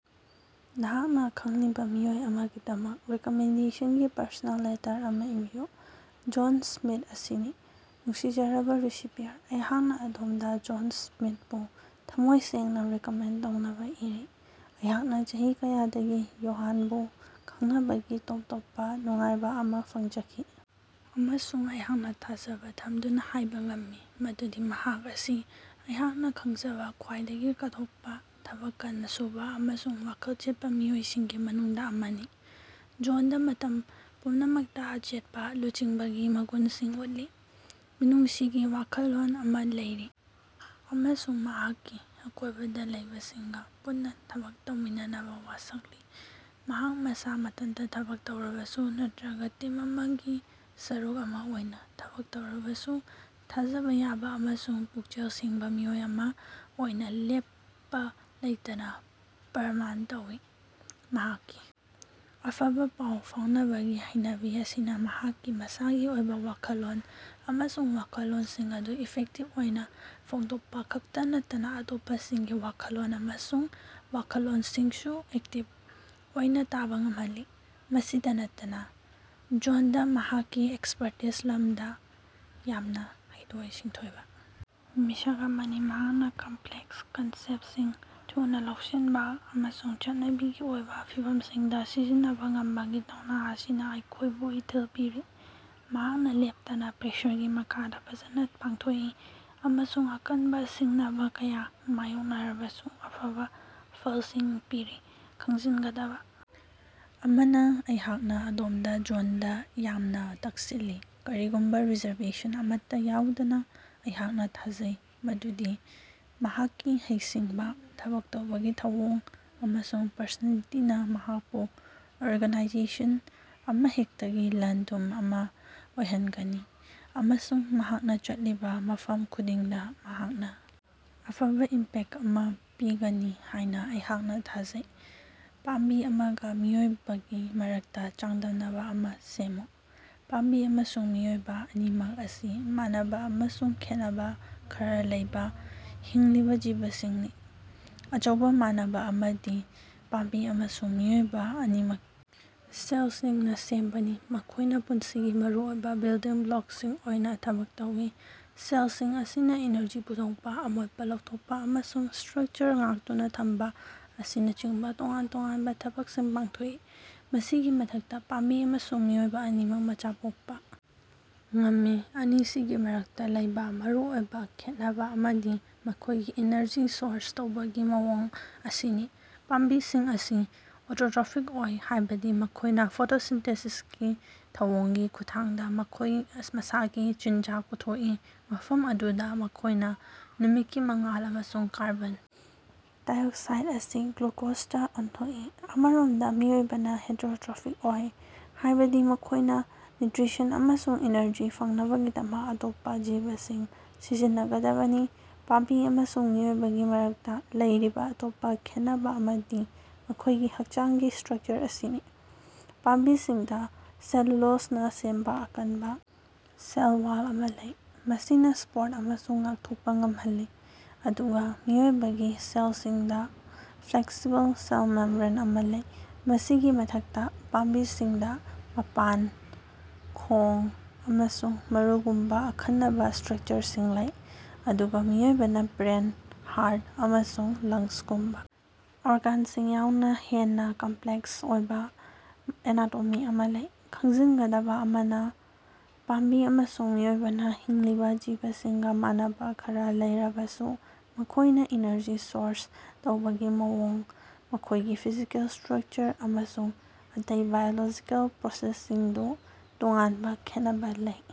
ꯅꯍꯥꯛꯅꯥ ꯈꯪꯂꯤꯕꯥ ꯃꯤꯑꯣꯏ ꯑꯃꯥꯒꯤꯗꯃꯛ ꯔꯤꯀꯣꯃꯦꯟꯗꯦꯁꯟꯒꯤ personal letter ꯑꯃꯥ ꯏꯕꯤꯌꯨ꯫ ꯖꯣꯟ ꯁ꯭ꯃꯤꯊ ꯑꯁꯤꯅꯤ꯫ ꯅꯨꯡꯁꯤꯖꯔꯕꯥ ꯔꯤꯁꯤꯄꯤꯌꯔ, ꯑꯩꯍꯥꯛꯅꯥ ꯑꯗꯣꯝꯗꯥ ꯖꯣꯟꯁ ꯁ꯭ꯃꯤꯊꯄꯨ ꯊꯝꯃꯣꯏ ꯁꯦꯡꯅꯥ ꯔꯤꯀꯣꯃꯦꯟ ꯇꯧꯅꯕꯥ ꯏꯔꯤ꯫ ꯑꯩꯍꯥꯛꯅꯥ ꯆꯍꯤ ꯀꯌꯥꯗꯒꯤ ꯌꯣꯍꯥꯅꯕꯨ ꯈꯪꯅꯕꯒꯤ ꯇꯣꯞ ꯇꯣꯞꯄꯥ ꯅꯨꯡꯉꯥꯏꯕꯥ ꯑꯃꯥ ꯐꯪꯖꯈꯤ, ꯑꯃꯁꯨꯡ ꯑꯩꯍꯥꯛꯅꯥ ꯊꯥꯖꯕ ꯊꯝꯗꯨꯅꯥ ꯍꯥꯏꯕ ꯉꯝꯃꯤ ꯃꯗꯨꯗꯤ ꯃꯍꯥꯛ ꯑꯁꯤ ꯑꯩꯍꯥꯛꯅꯥ ꯈꯪꯖꯕ ꯈ꯭ꯋꯥꯏꯗꯒꯤ ꯀꯠꯊꯣꯛꯄꯥ, ꯊꯕꯛ ꯀꯟꯅꯥ ꯁꯨꯕꯥ ꯑꯃꯁꯨꯡ ꯋꯥꯈꯜ ꯆꯦꯠꯄꯥ ꯃꯤꯑꯣꯏꯁꯤꯡꯒꯤ ꯃꯅꯨꯡꯗꯥ ꯑꯃꯅꯤ꯫ ꯖꯣꯟꯗꯥ ꯃꯇꯝ ꯄꯨꯝꯅꯃꯛꯇꯥ ꯑꯆꯦꯠꯄꯥ ꯂꯨꯆꯤꯡꯕꯒꯤ ꯃꯒꯨꯟꯁꯤꯡ ꯎꯠꯂꯤ꯫ ꯃꯤꯅꯨꯡꯁꯤꯒꯤ ꯋꯥꯈꯜꯂꯣꯟ ꯑꯃꯥ ꯂꯩꯔꯤ ꯑꯃꯁꯨꯡ ꯃꯍꯥꯛꯀꯤ ꯑꯀꯣꯏꯕꯗꯥ ꯂꯩꯕꯁꯤꯡꯒꯥ ꯄꯨꯟꯅꯥ ꯊꯕꯛ ꯇꯧꯃꯤꯟꯅꯅꯕꯥ ꯋꯥꯁꯛꯂꯤ꯫ ꯃꯍꯥꯛ ꯃꯁꯥ ꯃꯊꯟꯇꯥ ꯊꯕꯛ ꯇꯧꯔꯕꯁꯨ ꯅꯠꯇ꯭ꯔꯒꯥ ꯇꯤꯝ ꯑꯃꯒꯤ ꯁꯔꯨꯛ ꯑꯃꯥ ꯑꯣꯏꯅ ꯊꯕꯛ ꯇꯧꯔꯕꯁꯨ ꯊꯥꯖꯕ ꯌꯥꯕ ꯑꯃꯁꯨꯡ ꯄꯨꯛꯆꯦꯜ ꯁꯦꯡꯕꯥꯃꯤꯑꯣꯏ ꯑꯃꯥ ꯑꯣꯏꯅ ꯂꯦꯞꯄꯥ ꯂꯩꯇꯅꯥ ꯄ꯭ꯔꯃꯥꯟ ꯇꯧꯏ꯫ ꯃꯍꯥꯛꯀꯤ ꯑꯐꯕꯥ ꯄꯥꯎ ꯐꯥꯎꯅꯕꯒꯤ ꯍꯩꯅꯕꯤ ꯑꯁꯤꯅꯥ ꯃꯍꯥꯛꯀꯤ ꯃꯁꯥꯒꯤ ꯑꯣꯏꯕ ꯋꯥꯈꯜꯂꯣꯟ ꯑꯃꯁꯨꯡ ꯋꯥꯈꯜꯂꯣꯟꯁꯤꯡ ꯑꯗꯨ ꯏꯐꯦꯛꯇꯤꯕ ꯑꯣꯏꯅꯥ ꯐꯣꯡꯗꯣꯛꯄꯥ ꯈꯛꯇꯥ ꯅꯠꯇꯅꯥ ꯑꯇꯣꯞꯄꯁꯤꯡꯒꯤ ꯋꯥꯈꯜꯂꯣꯟ ꯑꯃꯁꯨꯡ ꯋꯥꯈꯜꯂꯣꯟꯁꯤꯡꯁꯨ ꯑꯦꯛꯇꯤꯕ ꯑꯣꯏꯅꯥ ꯇꯥꯕ ꯉꯝꯍꯜꯂꯤ꯫ ꯃꯁꯤꯗꯥ ꯅꯠꯇꯅꯥ, ꯖꯣꯟꯗꯥ ꯃꯍꯥꯛꯀꯤ ꯑꯦꯛꯁꯄꯔꯇꯀꯤ ꯂꯝꯗꯥ ꯌꯥꯝꯅꯥ ꯍꯩꯊꯣꯏ-ꯁꯤꯡꯊꯣꯏꯕ ꯃꯤꯁꯛ ꯑꯃꯅꯤ, ꯃꯍꯥꯛꯅꯥ ꯀꯝꯞꯂꯦꯛꯁ ꯀꯟꯁꯦꯞꯇꯁꯤꯡ ꯊꯨꯅꯥ ꯂꯧꯁꯤꯟꯕ ꯑꯃꯁꯨꯡ ꯆꯠꯅꯕꯤꯒꯤ ꯑꯣꯏꯕ ꯐꯤꯚꯝꯁꯤꯡꯗꯥ ꯁꯤꯖꯤꯟꯅꯕꯥ ꯉꯝꯕꯒꯤ ꯊꯧꯅꯥ ꯑꯁꯤꯅꯥ ꯑꯩꯈꯣꯏꯕꯨ ꯏꯊꯤꯜ ꯄꯤꯔꯤ꯫ ꯃꯍꯥꯛꯅꯥ ꯂꯦꯞꯇꯅꯥ ꯄ꯭ꯔꯦꯁꯔꯒꯤ ꯃꯈꯥꯗꯥ ꯐꯖꯅꯥ ꯄꯥꯡꯊꯣꯛꯏ ꯑꯃꯁꯨꯡ ꯑꯀꯟꯕꯥ ꯁꯤꯡꯅꯕꯥ ꯀꯌꯥ ꯃꯥꯌꯣꯛꯅꯔꯕꯁꯨ ꯑꯐꯕ ꯐꯂꯁꯤꯡ ꯄꯤꯔꯤ꯫ ꯈꯪꯖꯤꯟꯒꯗꯕꯥ ꯑꯃꯅꯥ, ꯑꯩꯍꯥꯛꯅꯥ ꯑꯗꯣꯝꯗꯥ ꯖꯣꯟꯗꯥ ꯌꯥꯝꯅ ꯇꯛꯁꯤꯜꯂꯤ, ꯀꯔꯤꯒꯨꯝꯕ ꯔꯤꯖꯔꯕꯦꯁꯟ ꯑꯃꯠꯇꯥ ꯌꯥꯎꯗꯅꯥ꯫ ꯑꯩꯍꯥꯛꯅꯥ ꯊꯥꯖꯩ ꯃꯗꯨꯗꯤ ꯃꯍꯥꯛꯀꯤ ꯍꯩꯁꯤꯡꯕꯥ, ꯊꯕꯛ ꯇꯧꯕꯒꯤ ꯊꯧꯑꯣꯡ, ꯑꯃꯁꯨꯡ ꯄꯔꯁꯣꯅꯦꯂꯤꯇꯤꯅꯥ ꯃꯍꯥꯛꯄꯨ ꯑꯣꯔꯒꯅꯥꯏꯖꯦꯁꯟ ꯑꯃꯍꯦꯛꯇꯒꯤ ꯂꯟ ꯊꯨꯝ ꯑꯃꯥ ꯑꯣꯏꯍꯟꯒꯅꯤ, ꯑꯃꯁꯨꯡ ꯃꯍꯥꯛꯅꯥ ꯆꯠꯂꯤꯕꯥ ꯃꯐꯝ ꯈꯨꯗꯤꯡꯗꯥ ꯃꯍꯥꯛꯅꯥ ꯑꯐꯕ ꯏꯝꯄꯦꯛꯇ ꯑꯃꯥ ꯄꯤꯒꯅꯤ ꯍꯥꯏꯅꯥ ꯑꯩꯍꯥꯛꯅꯥ ꯊꯥꯖꯩ꯫ ꯄꯥꯝꯕꯤ ꯑꯃꯥꯒ ꯃꯤꯑꯣꯏꯕꯒꯤ ꯃꯔꯛꯇꯥ ꯆꯥꯡꯗꯝꯅꯕ ꯑꯃꯥ ꯁꯦꯝꯃꯨ꯫ ꯄꯥꯝꯕꯤ ꯑꯃꯁꯨꯡ ꯃꯤꯑꯣꯏꯕ ꯑꯅꯤꯃꯛ ꯑꯁꯤ ꯃꯥꯟꯅꯕ ꯑꯃꯁꯨꯡ ꯈꯦꯠꯅꯕ ꯈꯔꯥ ꯂꯩꯕ ꯍꯤꯡꯂꯤꯕ ꯖꯤꯕꯁꯤꯡꯅꯤ꯫ ꯑꯆꯧꯕ ꯃꯥꯟꯅꯕ ꯑꯃꯗꯤ ꯄꯥꯝꯕꯤ ꯑꯃꯁꯨꯡ ꯃꯤꯑꯣꯏꯕ ꯑꯅꯤꯃꯛ ꯁꯦꯂꯁꯤꯡꯅ ꯁꯦꯝꯕꯅꯤ, ꯃꯈꯣꯏꯅ ꯄꯨꯟꯁꯤꯒꯤ ꯃꯔꯨꯑꯣꯏꯕ ꯕꯤꯜꯗꯤꯡ ꯕ꯭ꯂꯣꯀꯁꯤꯡ ꯑꯣꯏꯅ ꯊꯕꯛ ꯇꯧꯏ꯫ ꯁꯦꯂꯁꯤꯡ ꯑꯁꯤꯅꯥ ꯏꯅꯔꯖꯤ ꯄꯨꯊꯣꯛꯄꯥ, ꯑꯃꯣꯠꯄꯥ ꯂꯧꯊꯣꯛꯄꯥ, ꯑꯃꯁꯨꯡ ꯁ꯭ꯠꯔꯀꯆꯔ ꯉꯥꯛꯇꯨꯅꯥ ꯊꯝꯕ ꯑꯁꯤꯅꯆꯤꯡꯕ ꯇꯣꯉꯥꯟ ꯇꯣꯉꯥꯟꯕ ꯊꯕꯛꯁꯤꯡ ꯄꯥꯡꯊꯣꯛꯏ꯫ ꯃꯁꯤꯒꯤ ꯃꯊꯛꯇꯥ, ꯄꯥꯝꯕꯤ ꯑꯃꯁꯨꯡ ꯃꯤꯑꯣꯏꯕ ꯑꯅꯤꯃꯛꯅꯥ ꯃꯆꯥ ꯄꯣꯛꯄꯥ ꯉꯝꯃꯤ꯫ ꯑꯅꯤꯁꯤꯒꯤ ꯃꯔꯛꯇꯥ ꯂꯩꯕ ꯃꯔꯨꯑꯣꯏꯕ ꯈꯦꯠꯅꯕ ꯑꯃꯗꯤ ꯃꯈꯣꯏꯒꯤ ꯏꯅꯔꯖꯤ ꯁꯣꯔꯁ ꯇꯧꯕꯒꯤ ꯃꯑꯣꯡ ꯑꯁꯤꯅꯤ꯫ ꯄꯥꯝꯕꯤꯁꯤꯡ ꯑꯁꯤ ꯑꯣꯇꯣꯠꯔꯣꯐꯤꯛ ꯑꯣꯏ, ꯍꯥꯏꯕꯗꯤ ꯃꯈꯣꯏꯅꯥ ꯐꯣꯇꯣꯁꯤꯟꯊꯦꯁꯤꯁꯀꯤ ꯊꯧꯑꯣꯡꯒꯤ ꯈꯨꯠꯊꯥꯡꯗꯥ ꯃꯈꯣꯏ ꯃꯁꯥꯒꯤ ꯆꯤꯟꯖꯥꯛ ꯄꯨꯊꯣꯛꯏ, ꯃꯐꯝ ꯑꯗꯨꯗꯥ ꯃꯈꯣꯏꯅꯥ ꯅꯨꯃꯤꯠꯀꯤ ꯃꯉꯥꯜ ꯑꯃꯁꯨꯡ ꯀꯥꯔꯕꯣꯟ ꯗꯥꯏꯑꯣꯛꯁꯥꯏꯗ ꯑꯁꯤ ꯒ꯭ꯂꯨꯀꯣꯖꯇꯥ ꯑꯣꯟꯊꯣꯛꯏ꯫ ꯑꯃꯔꯣꯝꯗꯥ ꯃꯤꯑꯣꯏꯕꯅꯥ ꯍꯦꯇꯦꯔꯣꯔꯣꯠꯐꯤꯛ ꯑꯣꯏ, ꯍꯥꯏꯕꯗꯤ ꯃꯈꯣꯏꯅꯥ ꯅ꯭ꯌꯨꯠꯔꯤꯁꯟ ꯑꯃꯁꯨꯡ ꯏꯅꯔꯖꯤ ꯐꯪꯅꯕꯒꯤꯗꯃꯛ ꯑꯇꯣꯞꯄꯥ ꯖꯤꯕꯁꯤꯡ ꯁꯤꯖꯤꯟꯅꯒꯗꯕꯅꯤ꯫ ꯄꯥꯝꯕꯤ ꯑꯃꯁꯨꯡ ꯃꯤꯑꯣꯏꯕꯒꯤ ꯃꯔꯛꯇꯥ ꯂꯩꯔꯤꯕ ꯑꯇꯣꯞꯄꯥ ꯈꯦꯟꯅꯕ ꯑꯃꯗꯤ ꯃꯈꯣꯏꯒꯤ ꯍꯛꯆꯥꯡꯒꯤ ꯁ꯭ꯠꯔꯀꯆꯔ ꯑꯁꯤꯅꯤ꯫ ꯄꯥꯝꯕꯤꯁꯤꯡꯗꯥ ꯁꯦꯂꯨꯂꯣꯖꯅꯥ ꯁꯦꯝꯕꯥ ꯑꯀꯟꯕꯥ ꯁꯦꯜ ꯋꯥꯜ ꯑꯃꯥ ꯂꯩ꯫ ꯃꯁꯤꯅꯥ ꯁꯄꯣꯔꯠ ꯑꯃꯁꯨꯡ ꯉꯥꯛꯊꯣꯛꯄꯥ ꯉꯝꯍꯜꯂꯤ, ꯑꯗꯨꯒꯥ ꯃꯤꯑꯣꯏꯕꯒꯤ ꯁꯦꯂꯁꯤꯡꯗꯥ ꯐ꯭ꯂꯦꯛꯁꯤꯕꯜ ꯁꯦꯜ ꯃꯦꯝꯕ꯭ꯔꯦꯟ ꯑꯃꯥ ꯂꯩ꯫ ꯃꯁꯤꯒꯤ ꯃꯊꯛꯇꯥ, ꯄꯥꯝꯕꯤꯁꯤꯡꯗꯥ ꯃꯄꯥꯟ, ꯈꯣꯡ, ꯑꯃꯁꯨꯡ ꯃꯔꯨꯒꯨꯝꯕꯥ ꯑꯈꯟꯅꯕꯥ ꯁ꯭ꯠꯔꯀꯆꯔꯁꯤꯡ ꯂꯩ, ꯑꯗꯨꯒꯥ ꯃꯤꯑꯣꯏꯕꯅꯥ ꯕ꯭ꯔꯦꯟ, ꯍꯥꯔꯠ ꯑꯃꯁꯨꯡ ꯂꯪꯁꯒꯨꯝꯕꯥ ꯑꯣꯔꯒꯥꯟꯁꯤꯡ ꯌꯥꯎꯅꯥ ꯍꯦꯟꯅꯥ ꯀꯝꯞꯂꯦꯛꯁ ꯑꯣꯏꯕ ꯑꯦꯅꯥꯇꯣꯃꯤ ꯑꯃꯥ ꯂꯩ꯫ ꯈꯪꯖꯤꯟꯒꯗꯕꯥ ꯑꯃꯅꯥ, ꯄꯥꯝꯕꯤ ꯑꯃꯁꯨꯡ ꯃꯤꯑꯣꯏꯕꯅ ꯍꯤꯡꯂꯤꯕ ꯖꯤꯕꯁꯤꯡꯒꯥ ꯃꯥꯟꯅꯕ ꯈꯔꯥ ꯂꯩꯔꯕꯁꯨ, ꯃꯈꯣꯏꯅꯥ ꯏꯅꯔꯖꯤ ꯁꯣꯔꯁ ꯇꯧꯕꯒꯤ ꯃꯑꯣꯡ, ꯃꯈꯣꯏꯒꯤ ꯐꯤꯖꯤꯀꯦꯜ ꯁ꯭ꯠꯔꯀꯆꯔ ꯑꯃꯁꯨꯡ ꯑꯇꯩ ꯕꯥꯏꯑꯣꯂꯣꯖꯤꯀꯦꯜ ꯄ꯭ꯔꯣꯁꯦꯁꯁꯤꯡꯗꯨ ꯇꯣꯉꯥꯟꯕ ꯈꯦꯠꯅꯕꯥ ꯂꯩ꯫